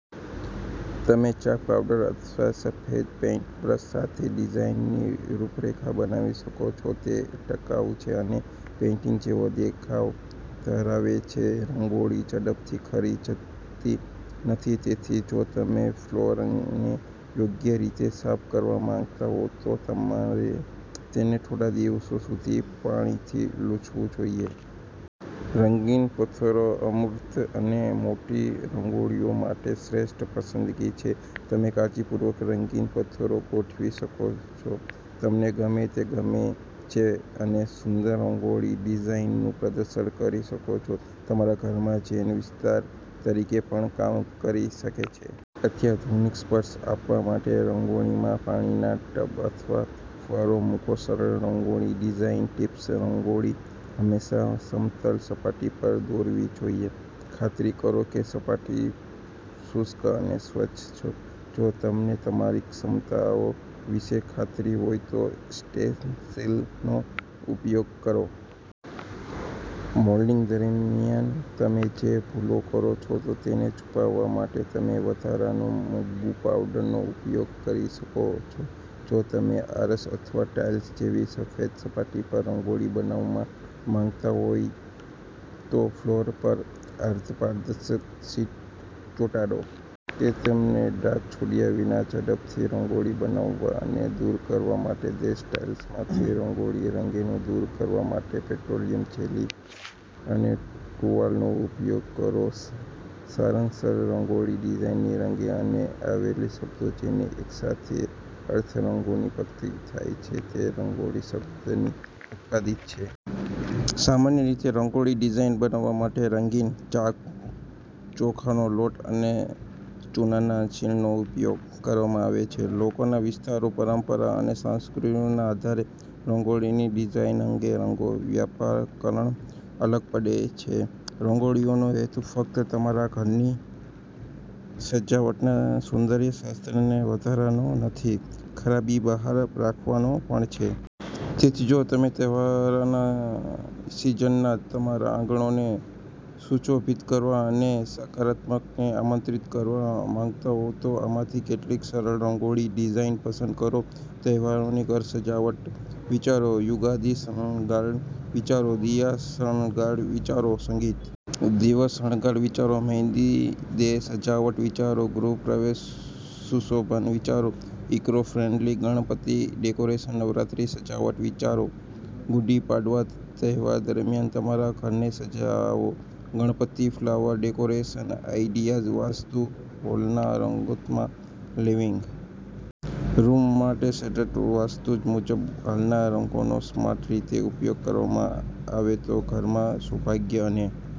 તમે chalk powder અથવા સફેદ પેઇન્ટબ્રશ સાથે ડિઝાઇનની રૂપરેખા બનાવી શકો છો. તે ટકાઉ છે અને પેઇન્ટિંગ જેવો દેખાવ ધરાવે છે. રંગોળી ઝડપથી ખરી જતી નથી, તેથી જો તમે ફ્લોરને યોગ્ય રીતે સાફ કરવા માંગતા હો, તો તમારે તેને થોડા દિવસો સુધી પાણીથી લૂછવું જોઈએ. રંગીન પત્થરોઅમૂર્ત અને મોટી રંગોળીઓ માટે તે શ્રેષ્ઠ પસંદગી છે. તમે કાળજીપૂર્વક રંગીન પત્થરો ગોઠવી શકો છો, તમને ગમે તે ગમે છે અને સુંદર રંગોળી ડિઝાઇનનું પ્રદર્શન કરી શકો છો. તમારા ઘરમાં ઝેન વિસ્તાર તરીકે પણ કામ કરી શકે છે. અત્યાધુનિક સ્પર્શ આપવા માટે રંગોળીમાં પાણીના ટબ અથવા ફુવારો મૂકો. સરળ રંગોળી ડિઝાઇન ટિપ્સ રંગોળી હંમેશા સમતલ સપાટી પર દોરવી જોઈએ. ખાતરી કરો કે સપાટી શુષ્ક અને સ્વચ્છ છે. જો તમને તમારી ક્ષમતાઓ વિશે ખાતરીહોય તો સ્ટેન્સિલનો ઉપયોગ કરો. મોલ્ડિંગ દરમિયાન તમે જે ભૂલો કરો છો તેને છુપાવવા માટે તમે વધારાના મુગ્ગુ પાવડરનો ઉપયોગ કરી શકો છો. જો તમે આરસ અથવા ટાઇલ્સ જેવી સફેદ સપાટી પર રંગોળી બનાવવા માંગતા હોવ તો ફ્લોર પર અર્ધપારદર્શક શીટ ચોંટાડો. તે તમને ડાઘ છોડ્યા વિના ઝડપથી રંગોળી બનાવવા અને દૂર કરવા દેશે. ટાઇલ્સમાંથી રંગોળી રંગને દૂર કરવા માટે પેટ્રોલિયમ જેલી અને ટુવાલનો ઉપયોગ કરો. સારાંશસરળ રંગોળી ડિઝાઇન 'રંગ' અને 'આવલી' શબ્દો, જેનો એકસાથે અર્થ 'રંગોની પંક્તિ' થાય છે, તે રંગોળી શબ્દની ઉત્પત્તિ છે. સામાન્ય રીતે રંગોળી ડિઝાઇન બનાવવા માટે રંગીન ચાક, ચોખાનો લોટ અને ચૂનાના છીણનો ઉપયોગ કરવામાં આવે છે. લોકોના વિસ્તારો, પરંપરાઓ અને સંસ્કૃતિઓના આધારે રંગોળીની ડિઝાઇન અને રંગો વ્યાપકપણે અલગ પડે છે. રંગોળીઓનો હેતુ ફક્ત તમારા ઘરની સજાવટના સૌંદર્ય શાસ્ત્રને વધારવાનો નથી, ખરાબી બહાર રાખવાનો પણ છે. તેથી, જો તમેતહેવારોની સિઝનમાં તમારા આંગણાને સુશોભિત કરવા અને સકારાત્મકતાને આમંત્રિત કરવા માંગતા હોવ તો આમાંથી કેટલીક સરળ રંગોળી ડિઝાઇન પસંદ કરો. તહેવારોની ઘર સજાવટના વિચારો યુગાદી શણગારના વિચારો દિયા શણગાર વિચારો સંગીત દિવસ શણગાર વિચારો મહેંદી ડે સજાવટના વિચારો ગૃહ પ્રવેશ સુશોભન વિચારો eco friendly Ganpati decoration Navratri સજાવટના વિચારો ગુડી પડવા તહેવાર દરમિયાન તમારા ઘરને સજાવો Ganpati flower decoration ideas vastu હોલના રંગોતમારા લિવિંગ રૂમ માટે શેડ્સ વાસ્તુ મુજબ હોલના રંગોનો સ્માર્ટ રીતે ઉપયોગ કરવામાં આવે તો ઘરમાં સૌભાગ્ય અને